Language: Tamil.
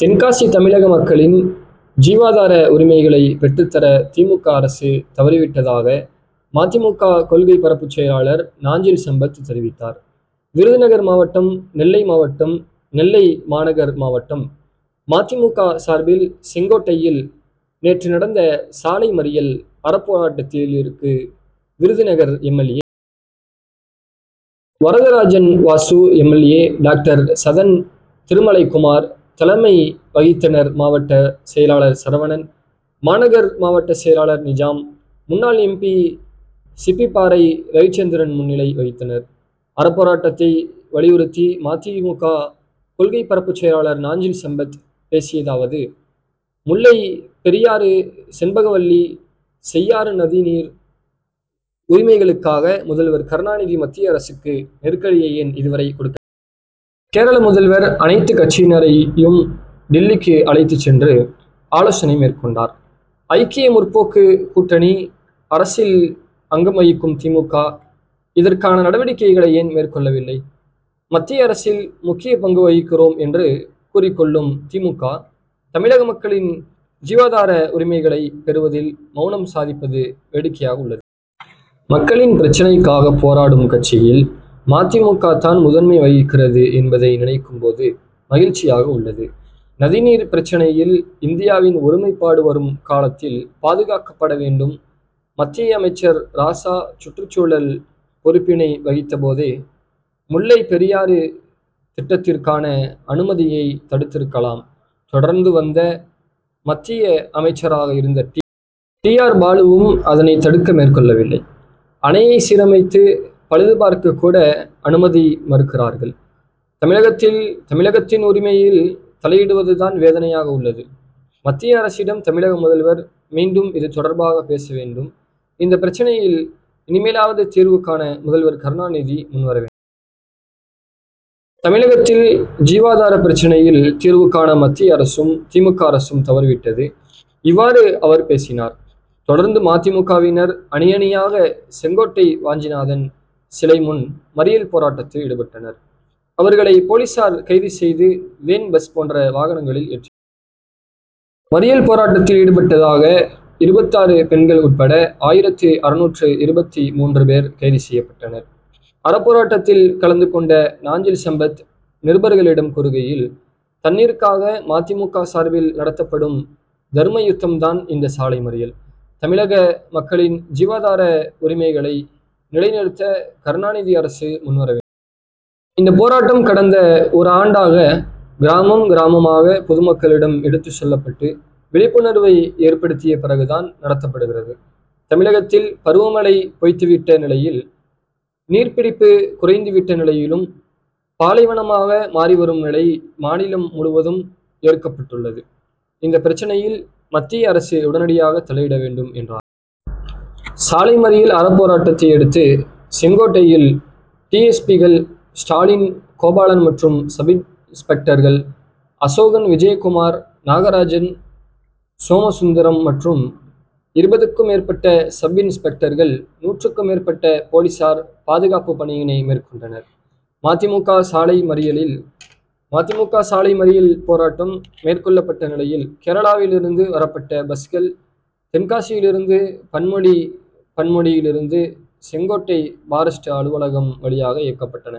தென்காசி தமிழக மக்களின் ஜீவாதார உரிமைகளை பெற்றுத்தர திமுக., அரசு தவறிவிட்டதாக மதிமுக., கொள்கை பரப்பு செயலாளர் நாஞ்சில் சம்பத் தெரிவித்தார். விருதுநகர் மாவட்டம், நெல்லை மாவட்டம், நெல்லை மாநகர் மாவட்டம் மதிமுக., சார்பில் செங்கோட்டையில் நேற்று நடந்த சாலை மறியல் அறப்போராட்டத்திற்கு Virudhunagar MLA., Varadarajan, Vasu., MLA., doctor Sadhan Thirumalaikumar தலைமை வகித்தனர். மாவட்ட செயலாளர் சரவணன், மாநகர் மாவட்ட செயலாளர் நிஜாம், முன்னாள் எம். பி., சிப்பிபாறை ரவிச்சந்திரன் முன்னிலை வகித்தனர். அறப்போராட்டத்தை வலியுறுத்தி மதிமுக கொள்கை பரப்பு செயலாளர் நாஞ்சில் சம்பத் பேசியதாவது முல்லை பெரியாறு, செண்பகவல்லி, செய்யாறு நதிநீர் உரிமைகளுக்காக முதல்வர் கருணாநிதி மத்திய அரசுக்கு நெருக்கடியை ஏன் இதுவரை கொடுக்க. கேரள முதல்வர் அனைத்து கட்சியினரையும் டில்லிக்கு அழைத்து சென்று ஆலோசனை மேற்கொண்டார். ஐக்கிய முற்போக்கு கூட்டணி அரசில் அங்கம் வகிக்கும் திமுக., இதற்கான நடவடிக்கைகளை ஏன் மேற்கொள்ளவில்லை. மத்திய அரசில் முக்கிய பங்கு வகிக்கிறோம் என்று கூறிக்கொள்ளும் திமுக., தமிழக மக்களின் ஜீவாதார உரிமைகளை பெறுவதில் மவுனம் சாதிப்பது வேடிக்கையாக உள்ளது. மக்களின் பிரச்னைக்காக போராடும் கட்சியில் மதிமுக.,தான் முதன்மை வகிக்கிறது என்பதை நினைக்கும்போது மகிழ்ச்சியாக உள்ளது. நதிநீர் பிரச்னையில் இந்தியாவின் ஒருமைப்பாடு வரும் காலத்தில் பாதுகாக்கப்பட வேண்டும். மத்திய அமைச்சர் ராசா சுற்றுச்சூழல் பொறுப்பினை வகித்தபோதே முல்லை பெரியாறு திட்டத்திற்கான அனுமதியை தடுத்திருக்கலாம். தொடர்ந்து வந்த மத்திய அமைச்சராக இருந்த டி. டி. ஆர். பாலுவும் அதனை தடுக்க மேற்கொள்ளவில்லை. அணையை சீரமைத்து பழுதுபார்க்க கூட அனுமதி மறுக்கிறார்கள். தமிழகத்தின் உரிமையில் தலையிடுவதுதான் வேதனையாக உள்ளது. மத்திய அரசிடம் தமிழக முதல்வர் மீண்டும் இது தொடர்பாக பேச வேண்டும். இந்த பிரச்னையில் இனிமேலாவது தீர்வு காண முதல்வர் கருணாநிதி முன்வர வேண்டு. தமிழகத்தில் ஜீவாதார பிரச்னையில் தீர்வு காண மத்திய அரசும், திமுக அரசும் தவறிவிட்டது. இவ்வாறு அவர் பேசினார். தொடர்ந்து மதிமுக.,வினர் அணி அணியாக செங்கோட்டை வாஞ்சிநாதன் சிலை முன் மறியல் போராட்டத்தில் ஈடுபட்டனர். அவர்களை போலீசார் கைது செய்து வேன், பஸ் போன்ற வாகனங்களில் ஏற்றின. மறியல் போராட்டத்தில் ஈடுபட்டதாக இருபத்தாறு பெண்கள் உட்பட ஆயிரத்து அறுநூற்று இருபத்து மூன்று பேர் கைது செய்யப்பட்டனர். அறப்போராட்டத்தில் கலந்து கொண்ட நாஞ்சில் சம்பத் நிருபர்களிடம் கூறுகையில், தண்ணீருக்காக மதிமுக., சார்பில் நடத்தப்படும் தர்மயுத்தம் தான் இந்த சாலை மறியல். தமிழக மக்களின் ஜீவாதார உரிமைகளை நிலை நிறுத்த கருணாநிதி அரசு முன்வர வேண்டு. இந்த போராட்டம் கடந்த ஒரு ஆண்டாக கிராமம், கிராமமாக பொதுமக்களிடம் எடுத்து செல்லப்பட்டு விழிப்புணர்வை ஏற்படுத்திய பிறகுதான் நடத்தப்படுகிறது. தமிழகத்தில் பருவ மழை பொய்த்துவிட்ட நிலையில் நீர்ப்பிடிப்பு குறைந்துவிட்ட நிலையிலும் பாலைவனமாக மாறிவரும் நிலை மாநிலம் முழுவதும் ஏற்பட்டுள்ளது. இந்த பிரச்னையில் மத்திய அரசு உடனடியாக தலையிட வேண்டும் என்றார். சாலை மறியல் அறப்போராட்டத்தையடுத்து செங்கோட்டையில் டி. எஸ். பி. கள் ஸ்டாலின், கோபாலன் மற்றும் சப்-இன்ஸ்பெக்டர்கள் அசோகன், விஜயகுமார், நாகராஜன், சோமசுந்தரம் மற்றும் இருபதுக்கும் மேற்பட்ட சப்-இன்ஸ்பெக்டர்கள், நூற்றுக்கும் மேற்பட்ட போலீசார் பாதுகாப்பு பணியினை மேற்கொண்டனர். மதிமுக சாலை மறியல் போராட்டம் மேற்கொள்ளப்பட்ட நிலையில் கேரளாவில் இருந்து வரப்பட்ட பஸ்கள் தென்காசியிலிருந்து பண்பொழி, பண்பொழியிலிருந்து செங்கோட்டை பாரஸ்ட் அலுவலகம் வழியாக இயக்கப்பட்டன.